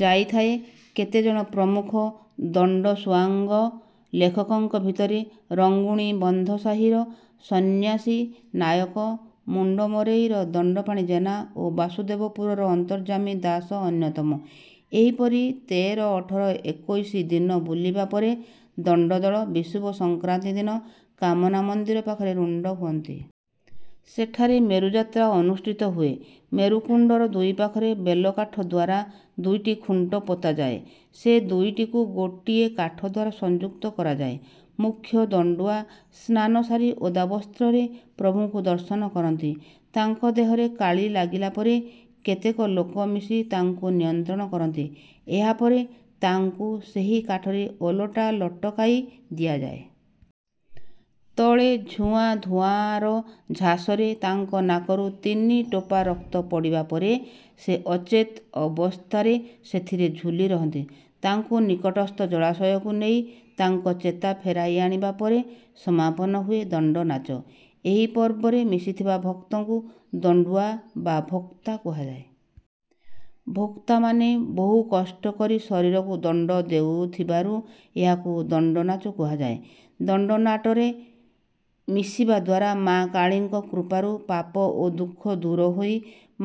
ଯାଇଥାଏ। କେତେଜଣ ପ୍ରମୁଖ ଦଣ୍ଡସୁଆଙ୍ଗ ଲେଖକଙ୍କ ଭିତରେ ରଙ୍ଗୁଣି ବନ୍ଧ ସାହିର ସନ୍ନ୍ୟାସୀ ନାୟକ ମୁଣ୍ଡମରେଇର ଦଣ୍ଡପାଣି ଜେନା ଓ ବାସୁଦେବପୁରର ଅନ୍ତର୍ଯ୍ୟାମୀ ଦାସ ଅନ୍ୟତମ। ଏହିପରି ତେର ଅଠର ଏକୋଇଶି ଦିନ ବୁଲିବା ପରେ ଦଣ୍ଡଦଳ ବିଷୁବ ସଂକ୍ରାନ୍ତି ଦିନ କାମନା ମନ୍ଦିର ପାଖରେ ରୁଣ୍ଡ ହୁଅନ୍ତି। ସେଠାରେ ମେରୁଯାତ୍ରା ଅନୁଷ୍ଠିତ ହୁଏ। ମେରୁକୁଣ୍ଡର ଦୁଇ ପାଖରେ ବେଲକାଠ ଦ୍ୱାରା ଦୁଇଟି ଖୁଣ୍ଟ ପୋତାଯାଏ। ସେ ଦୁଇଟିକୁ ଗୋଟିଏ କାଠ ଦ୍ୱାରା ସଂଯୁକ୍ତ କରାଯାଏ। ମୁଖ୍ୟ ଦଣ୍ଡୁଆ ସ୍ନାନ ସାରି ଓଦା ବସ୍ତ୍ରରେ ପ୍ରଭୁଙ୍କୁ ଦର୍ଶନ କରନ୍ତି ତାଙ୍କ ଦେହରେ କାଳୀ ଲାଗିଲା ପରେ କେତେକ ଲୋକ ମିଶି ତାଙ୍କୁ ନିୟନ୍ତ୍ରଣ କରନ୍ତି ଏହା ପରେ ତାଙ୍କୁ ସେହି କାଠରେ ଓଲଟା ଲଟକାଇ ଦିଆଯାଏ। ତଳେ ଝୁଣା ଧୂଆଁର ଝାସରେ ତାଙ୍କ ନାକରୁ ତିନି ଟୋପା ରକ୍ତ ପଡ଼ିବା ପରେ ସେ ଅଚେତ ଅବସ୍ଥାରେ ସେଥିରେ ଝୁଲି ରହନ୍ତି। ତାଙ୍କୁ ନିକଟସ୍ଥ ଜଳାଶୟକୁ ନେଇ ତାଙ୍କ ଚେତା ଫେରାଇ ଆଣିବା ପରେ ସମାପନ ହୁଏ ଦଣ୍ଡନାଚ। ଏହି ପର୍ବରେ ମିଶିଥିବା ଭକ୍ତଙ୍କୁ ଦଣ୍ଡୁଆ ବା ଭୋକ୍ତା କୁହାଯାଏ। ଭୋକ୍ତାମାନେ ବହୁ କଷ୍ଟ କରି ଶରୀରକୁ ଦଣ୍ଡ ଦେଉଥିବାରୁ ଏହାକୁ ଦଣ୍ଡନାଚ କୁହାଯାଏ। ଦଣ୍ଡନାଟରେ ମିଶିବା ଦ୍ୱାରା ମାଆ କାଳୀଙ୍କ କୃପାରୁ ପାପ ଓ ଦୁଃଖ ଦୂର ହୋଇ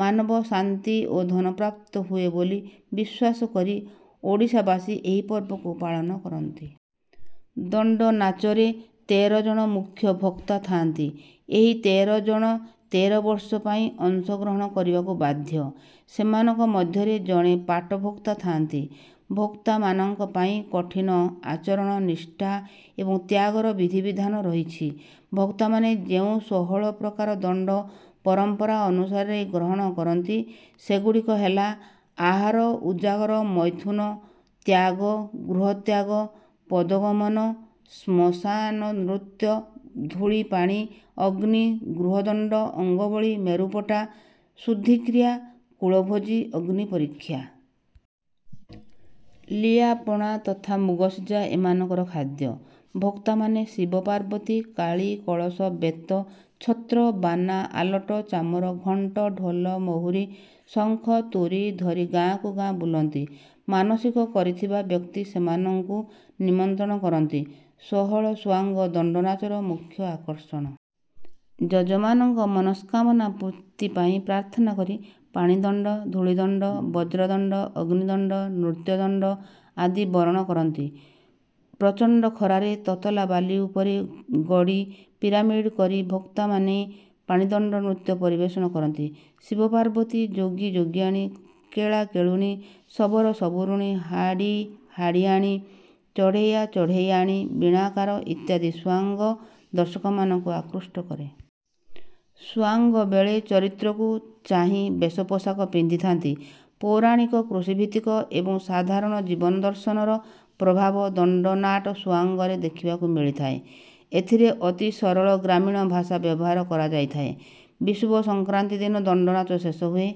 ମାନବ ଶାନ୍ତି ଓ ଧନ ପ୍ରାପ୍ତ ହୁଏ ବୋଲି ବିଶ୍ୱାସ କରି ଓଡ଼ିଶାବାସୀ ଏହି ପର୍ବକୁ ପାଳନ କରନ୍ତି। ଦଣ୍ଡନାଚରେ ତେର ଜଣ ମୁଖ୍ୟ ଭୋକ୍ତା ଥାଆନ୍ତି ଏହି ତେର ଜଣ ତେର ବର୍ଷ ପାଇଁ ଅଂଶଗ୍ରହଣ କରିବାକୁ ବାଧ୍ୟ। ସେମାନଙ୍କ ମଧ୍ୟରେ ଜଣେ ପାଟଭୋକ୍ତା ଥାଆନ୍ତି। ଭୋକ୍ତାମାନଙ୍କ ପାଇଁ କଠିନ ଆଚରଣ ନିଷ୍ଠା ଏବଂ ତ୍ୟାଗର ବିଧିବିଧାନ ରହିଛି। ଭୋକ୍ତାମାନେ ଯେଉଁ ଷୋହଳ ପ୍ରକାର ଦଣ୍ଡ ପରମ୍ପରା ଅନୁସାରେ ଗ୍ରହଣ କରନ୍ତି ସେଗୁଡ଼ିକ ହେଲା ଆହାର ଉଜାଗର ମୈଥୁନ ତ୍ୟାଗ ଗୃହତ୍ୟାଗ ପଦଗମନ ଶ୍ମଶାନ ନୃତ୍ୟ ଧୂଳି ପାଣି ଅଗ୍ନି ଗୃହଦଣ୍ଡ ଅଙ୍ଗବଳୀ ମେରୁପଟା ଶୁଦ୍ଧିକ୍ରିୟା କୁଳଭୋଜି ଅଗ୍ନି ପରୀକ୍ଷା। ଲିଆ ପଣା ତଥା ମୁଗସିଝା ଏମାନଙ୍କର ଖାଦ୍ୟ। ଭୋକ୍ତାମାନେ ଶିବ ପାର୍ବତୀ କାଳୀ କଳସ ବେତ ଛତ୍ର ବାନା ଆଲଟ ଚାମର ଘଣ୍ଟ ଢୋଲ ମହୁରୀ ଶଙ୍ଖ ତୁରୀ ଧରି ଗାଁକୁ ଗାଁ ବୁଲନ୍ତି। ମାନସିକ କରିଥିବା ବ୍ୟକ୍ତି ସେମାନଙ୍କୁ ନିମନ୍ତ୍ରଣ କରନ୍ତି। ଷୋହଳ ସୁଆଙ୍ଗ ଦଣ୍ଡନାଚର ମୁଖ୍ୟ ଆକର୍ଷଣ। ଯଜମାନଙ୍କ ମନସ୍କାମନା ପୂର୍ତ୍ତି ପାଇଁ ପ୍ରାର୍ଥନା କରି ପାଣିଦଣ୍ଡ ଧୂଳିଦଣ୍ଡ ବଜ୍ରଦଣ୍ଡ ଅଗ୍ନିଦଣ୍ଡ ନୃତ୍ୟଦଣ୍ଡ ଆଦି ବରଣ କରନ୍ତି। ପ୍ରଚଣ୍ଡ ଖରାରେ ତତଲା ବାଲି ଉପରେ ଗଡ଼ି ପିରାମିଡ଼ କରି ଭୋକ୍ତାମାନେ ପାଣିଦଣ୍ଡ ନୃତ୍ୟ ପରିବେଷଣ କରନ୍ତି। ଶିବ ପାର୍ବତୀ ଯୋଗି ଯୋଗିଆଣୀ କେଳା କେଳୁଣୀ ଶବର ଶବରୁଣୀ ହାଡ଼ି ହାଡ଼ିଆଣୀ ଚଢ଼େୟା ଚଢ଼େୟାଣୀ ବୀଣାକାର ଇତ୍ୟାଦି ସୁଆଙ୍ଗ ଦର୍ଶକମାନଙ୍କୁ ଆକୃଷ୍ଟ କରେ। ସୁଆଙ୍ଗ ବେଳେ ଚରିତ୍ରକୁ ଚାହିଁ ବେଶ ପୋଷାକ ପିନ୍ଧିଥାନ୍ତି। ପୌରାଣିକ କୃଷିଭିତ୍ତିକ ଏବଂ ସାଧାରଣ ଜୀବନ ଦର୍ଶନର ପ୍ରଭାବ ଦଣ୍ଡନାଟ ସୁଆଙ୍ଗରେ ଦେଖିବାକୁ ମିଳିଥାଏ। ଏଥିରେ ଅତି ସରଳ ଗ୍ରାମୀଣ ଭାଷା ବ୍ୟବହାର କରାଯାଇଥାଏ। ବିଷୁବ ସଂକ୍ରାନ୍ତି ଦିନ ଦଣ୍ଡନାଚ ଶେଷ ହୁଏ।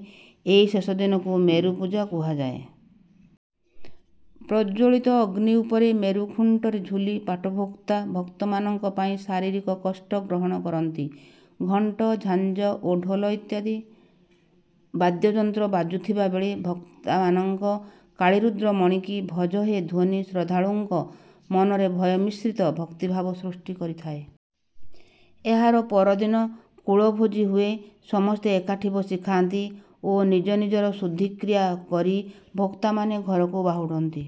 ଏହି ଶେଷ ଦିନକୁ ମେରୁ ପୂଜା କୁହାଯାଏ। ପ୍ରଜ୍ୱଳିତ ଅଗ୍ନି ଉପରେ ମେରୁ ଖୁଣ୍ଟରେ ଝୁଲି ପାଟଭୋକ୍ତା ଭକ୍ତମାନଙ୍କ ପାଇଁ ଶାରୀରିକ କଷ୍ଟ ଗ୍ରହଣ କରନ୍ତି। ଘଣ୍ଟ ଝାଞ୍ଜ ଓ ଢୋଲ ଇତ୍ୟାଦି ବାଦ୍ୟଯନ୍ତ୍ର ବାଜୁଥିବା ବେଳେ ଭୋକ୍ତାମାନଙ୍କ କାଳୀରୁଦ୍ର ମଣିକି ଭଜ ହେ ଧ୍ୱନି ଶ୍ରଦ୍ଧାଳୁଙ୍କ ମନରେ ଭୟ ମିଶ୍ରିତ ଭକ୍ତିଭାବ ସୃଷ୍ଟି କରିଥାଏ। ଏହାର ପରଦିନ କୁଳଭୋଜି ହୁଏ ସମସ୍ତେ ଏକାଠି ବସି ଖାଆନ୍ତି ଓ ନିଜ ନିଜର ଶୁଦ୍ଧିକ୍ରିୟା କରି ଭୋକ୍ତାମାନେ ଘରକୁ ବାହୁଡ଼ନ୍ତି।